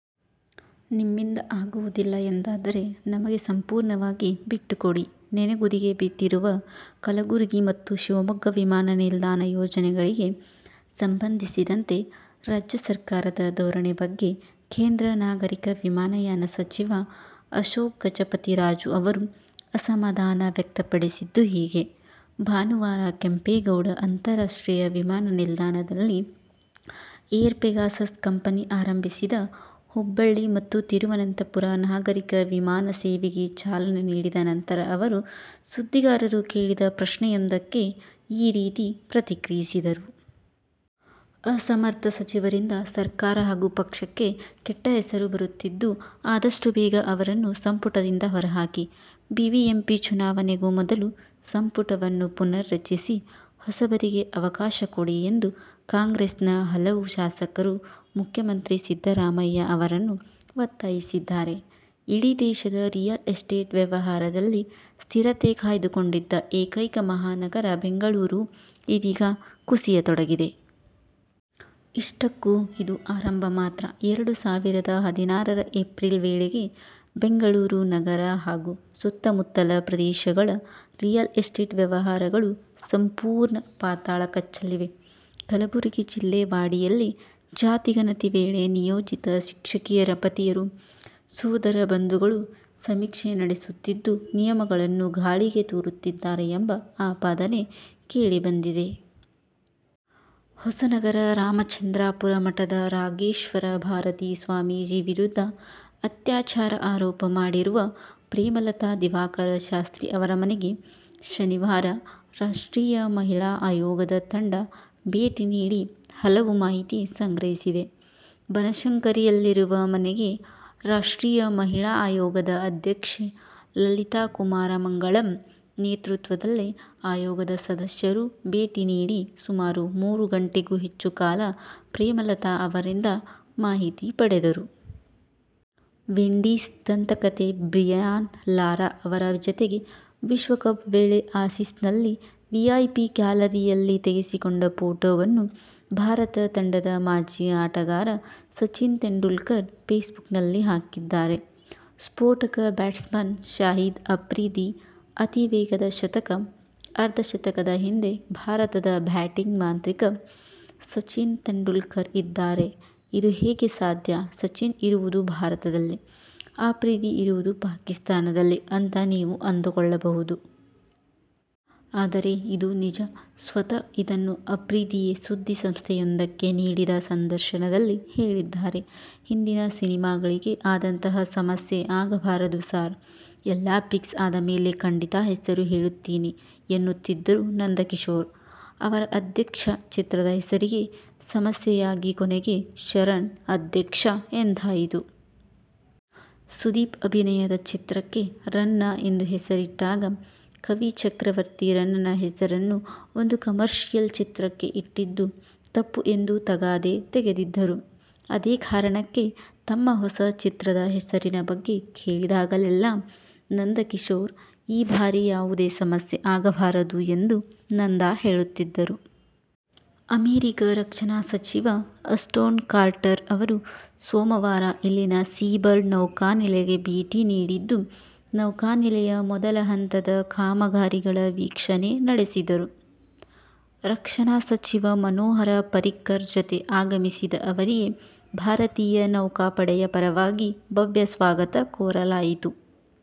ನಿಮ್ಮಿಂದ ಆಗುವುದಿಲ್ಲ ಎಂದಾದರೆ ನಮಗೆ ಸಂಪೂರ್ಣವಾಗಿ ಬಿಟ್ಟುಕೊಡಿ- ನೆನೆಗುದಿಗೆ ಬಿದ್ದಿರುವ ಕಲಬುರಗಿ ಮತ್ತು ಶಿವಮೊಗ್ಗ ವಿಮಾನ ನಿಲ್ದಾಣ ಯೋಜನೆಗಳಿಗೆ ಸಂಬಂಧಿಸಿದಂತೆ ರಾಜ್ಯ ಸರ್ಕಾರದ ಧೋ ರಣೆ ಬಗ್ಗೆ ಕೇಂದ್ರ ನಾಗರಿಕ ವಿಮಾನಯಾನ ಸಚಿವ ಅಶೋಕ್ ಗಜಪತಿ ರಾಜು ಅವರು ಅಸಮಾಧಾನ ವ್ಯಕ್ತಪಡಿಸಿದ್ದು ಹೀಗೆ. ಭಾನುವಾರ ಕೆಂಪೇಗೌಡ ಅಂತಾರಾಷ್ಟ್ರೀಯ ವಿಮಾನ ನಿಲ್ದಾಣದಲ್ಲಿ ಏರ್ ಪೆಗಾಸಸ್ ಕಂಪನಿ ಆರಂಭಿಸಿದ ಹುಬ್ಬಳ್ಳಿ ಮತ್ತು ತಿರುವನಂತಪುರ ನಾಗರೀಕ ವಿಮಾನ ಸೇವೆಗೆ ಚಾಲನೆ ನೀಡಿದ ನಂತರ ಅವರು ಸುದ್ದಿಗಾರರು ಕೇಳಿದ ಪ್ರಶ್ನೆಯೊಂದಕ್ಕೆ ಈ ರೀತಿ ಪ್ರತಿಕ್ರಿಯಿಸಿದರು. ಅಸಮರ್ಥ ಸಚಿವರಿಂದ ಸರ್ಕಾರ ಹಾಗೂ ಪಕ್ಷಕ್ಕೆ ಕೆಟ್ಟ ಹೆಸರು ಬರುತ್ತಿದ್ದು, ಆದಷ್ಟು ಬೇಗ ಅವರನ್ನು ಸಂಪುಟದಿಂದ ಹೊರಹಾಕಿ. ಬಿಬಿಎಂಪಿ ಚುನಾವಣೆಗೂ ಮೊದಲು ಸಂಪುಟವನ್ನು ಪುನರ್ ರಚಿಸಿ, ಹೊಸಬರಿಗೆ ಅವಕಾಶ ಕೊಡಿ ಎಂದು ಕಾಂಗ್ರೆಸ್ನ ಹಲವು ಶಾಸಕರು ಮುಖ್ಯಮಂತ್ರಿ ಸಿದ್ದರಾಮಯ್ಯ ಅವರನ್ನು ಒತ್ತಾಯಿಸಿದ್ದಾರೆ. ಇಡೀ ದೇಶದ ರಿಯಲ್ ಎಸ್ಟೇಟ್ ವ್ಯವಹಾರದಲ್ಲಿ ಸ್ಥಿರತೆ ಕಾಯ್ದುಕೊಂಡಿದ್ದ ಏಕೈಕ ಮಹಾನಗರ ಬೆಂಗಳೂರು ಇದೀಗ ಕುಸಿಯತೊಡಗಿದೆ. ಇಷ್ಟಕ್ಕೂ, ಇದು ಆರಂಭ ಮಾತ್ರ. ಎರಡು ಸಾವಿರದ ಹದಿನಾರರ ಏಪ್ರಿಲ್ ವೇಳೆಗೆ ಬೆಂಗಳೂರು ನಗರ ಹಾಗೂ ಸುತ್ತಮುತ್ತಲ ಪ್ರದೇಶಗಳ ರಿಯಲ್ ಎಸ್ಟೇಟ್ ವ್ಯವಹಾರಗಳು ಸಂಪೂರ್ಣ ಪಾತಾಳ ಕಚ್ಚಲಿವೆ. ಕಲಬುರಗಿ ಜಿಲ್ಲೆ ವಾಡಿಯಲ್ಲಿ ಜಾತಿಗಣತಿ ವೇಳೆ ನಿಯೋಜಿತ ಶಿಕ್ಷಕಿಯರ ಪತಿಯರು, ಸೋದರ ಬಂಧುಗಳು ಸಮೀಕ್ಷೆ ನಡೆಸುತ್ತಿದ್ದು, ನಿಯಮಗಳನ್ನು ಗಾಳಿಗೆ ತೂರುತ್ತಿದ್ದಾರೆ ಎಂಬ ಆಪಾದನೆ ಕೇಳಿಬಂದಿದೆ. ಹೊಸನಗರ ರಾಮಚಂದ್ರಾಪುರ ಮಠದ ರಾಘವೇಶ್ವರ ಭಾರತಿ ಸ್ವಾಮೀಜಿ ವಿರುದ್ಧ ಅತ್ಯಾಚಾರ ಆರೋಪ ಮಾಡಿರುವ ಪ್ರೇಮಲತಾ ದಿವಾಕರ ಶಾಸ್ತ್ರಿ ಅವರ ಮನೆಗೆ ಶನಿವಾರ ರಾಷ್ಟ್ರೀಯ ಮಹಿಳಾ ಆಯೋಗದ ತಂಡ ಭೇಟಿ ನೀಡಿ ಹಲವು ಮಾಹಿತಿ ಸಂಗ್ರಹಿಸಿದೆ. ಬನಶಂಕರಿಯಲ್ಲಿರುವ ಮನೆಗೆ ರಾಷ್ಟ್ರೀಯ ಮಹಿಳಾ ಆಯೋಗದ ಅಧ್ಯಕ್ಷೆ ಲಲಿತಾ ಕುಮಾರ ಮಂಗಳಂ ನೇತೃತ್ವದಲ್ಲಿ ಆಯೋಗದ ಸದಸ್ಯರು ಭೇಟಿ ನೀಡಿ ಸುಮಾರು ಮೂರು ಗಂಟೆಗೂ ಹೆಚ್ಚು ಕಾಲ ಪ್ರೇಮಲತಾ ಅವರಿಂದ ಮಾಹಿತಿ ಪಡೆದರು. ವಿಂಡೀಸ್ ದಂತಕಥೆ ಬ್ರಿಯಾನ್ ಲಾರಾ ಅವರ ಜತೆಗೆ ವಿಶ್ವಕಪ್ ವೇಳೆ ಆಸೀಸ್ನಲ್ಲಿ ವಿಐಪಿ ಗ್ಯಾಲರಿಯಲ್ಲಿ ತೆಗೆಸಿಕೊಂಡ ಫೋಟೋವನ್ನು ಭಾರತ ತಂಡದ ಮಾಜಿ ಆಟಗಾರ ಸಚಿನ್ ತೆಂಡುಲ್ಕರ್ ಫೇಸ್ಬುಕ್ನಲ್ಲಿ ಹಾಕಿದ್ದಾರೆ. ಸ್ಫೋಟಕ ಬ್ಯಾಟ್ಸ್ಮನ್ ಶಾಹಿದ್ ಅಫ್ರಿದಿ ಅತೀ ವೇಗದ ಶತಕ, ಅರ್ಧ ಶತಕದ ಹಿಂದೆ ಭಾರತದ ಬ್ಯಾಟಿಂಗ್ ಮಾಂತ್ರಿಕ ಸಚಿನ್ ತೆಂಡುಲ್ಕರ್ ಇದ್ದಾರೆ ಇದು ಹೇಗೆ ಸಾಧ್ಯ ಸಚಿನ್ ಇರುವುದು ಭಾರತದಲ್ಲಿ, ಅಫ್ರಿದಿ ಇರುವುದು ಪಾಕಿಸ್ಥಾನದಲ್ಲಿ ಅಂತ ನೀವು ಅಂದುಕೊಳ್ಳಬಹುದು. ಆದರೆ ಇದು ನಿಜ. ಸ್ವತಃ ಇದನ್ನು ಅಫ್ರಿದಿಯೇ ಸುದ್ದಿ ಸಂಸ್ಥೆಯೊಂದಕ್ಕೆ ನೀಡಿದ ಸಂದರ್ಶನದಲ್ಲಿ ಹೇಳಿದ್ದಾರೆ. "ಹಿಂದಿನ ಸಿನಿಮಾಗಳಿಗೆ ಆದಂತಹ ಸಮಸ್ಯೆ ಆಗಬಾರದು ಸಾರ್. ಎಲ್ಲಾ ಫಿಕ್ಸ್ ಆದಮೇಲೆ ಖಂಡಿತಾ ಹೆಸರು ಹೇಳುತ್ತೀನಿ' ಎನ್ನುತ್ತಿದ್ದರು ನಂದಕಿಶೋರ್. ಅವರ "ಅಧ್ಯಕ್ಷ' ಚಿತ್ರದ ಹೆಸರಿಗೆ ಸಮಸ್ಯೆಯಾಗಿ ಕೊನೆಗೆ "ಶರಣ್ ಅಧ್ಯಕ್ಷ' ಎಂದಾಯಿತು. ಸುದೀಪ್ ಅಭಿನಯದ ಚಿತ್ರಕ್ಕೆ "ರನ್ನ' ಎಂದು ಹೆಸರಿಟ್ಟಾಗ, ಕವಿ ಚಕ್ರವರ್ತಿ ರನ್ನನ ಹೆಸರನ್ನು ಒಂದು ಕಮರ್ಷಿಯಲ್ ಚಿತ್ರಕ್ಕೆ ಇಟ್ಟಿದ್ದು ತಪ್ಪು ಎಂದು ತಗಾದೆ ತೆಗೆದಿದ್ದರು. ಅದೇ ಕಾರಣಕ್ಕೆ ತಮ್ಮ ಹೊಸ ಚಿತ್ರದ ಹೆಸರಿನ ಬಗ್ಗೆ ಕೇಳಿದಾಗಲೆಲ್ಲಾ ನಂದಕಿಶೋರ್, ಈ ಬಾರಿ ಯಾವುದೇ ಸಮಸ್ಯೆ ಆಗಬಾರದು ಎಂದು ನಂದ ಹೇಳುತ್ತಿದ್ದರು. ಅಮೆರಿಕ ರಕ್ಷಣಾ ಸಚಿವ ಅಸ್ಟೋನ್ ಕಾರ್ಟರ್ ಅವರು ಸೋಮವಾರ ಇಲ್ಲಿನ ಸೀಬರ್ಡ್ ನೌಕಾನೆಲೆಗೆ ಭೇಟಿ ನೀಡಿದ್ದು, ನೌಕಾನೆಲೆಯ ಮೊದಲ ಹಂತದ ಕಾಮಗಾರಿಗಳ ವೀಕ್ಷಣೆ ನಡೆಸಿದರು. ರಕ್ಷಣಾ ಸಚಿವ ಮನೋಹರ ಪರ್ರಿಕರ್ ಜತೆ ಆಗಮಿಸಿದ ಅವರಿಗೆ ಭಾರತೀಯ ನೌಕಾಪಡೆಯ ಪರವಾಗಿ ಭವ್ಯ ಸ್ವಾಗತ ಕೋರಲಾಯಿತು.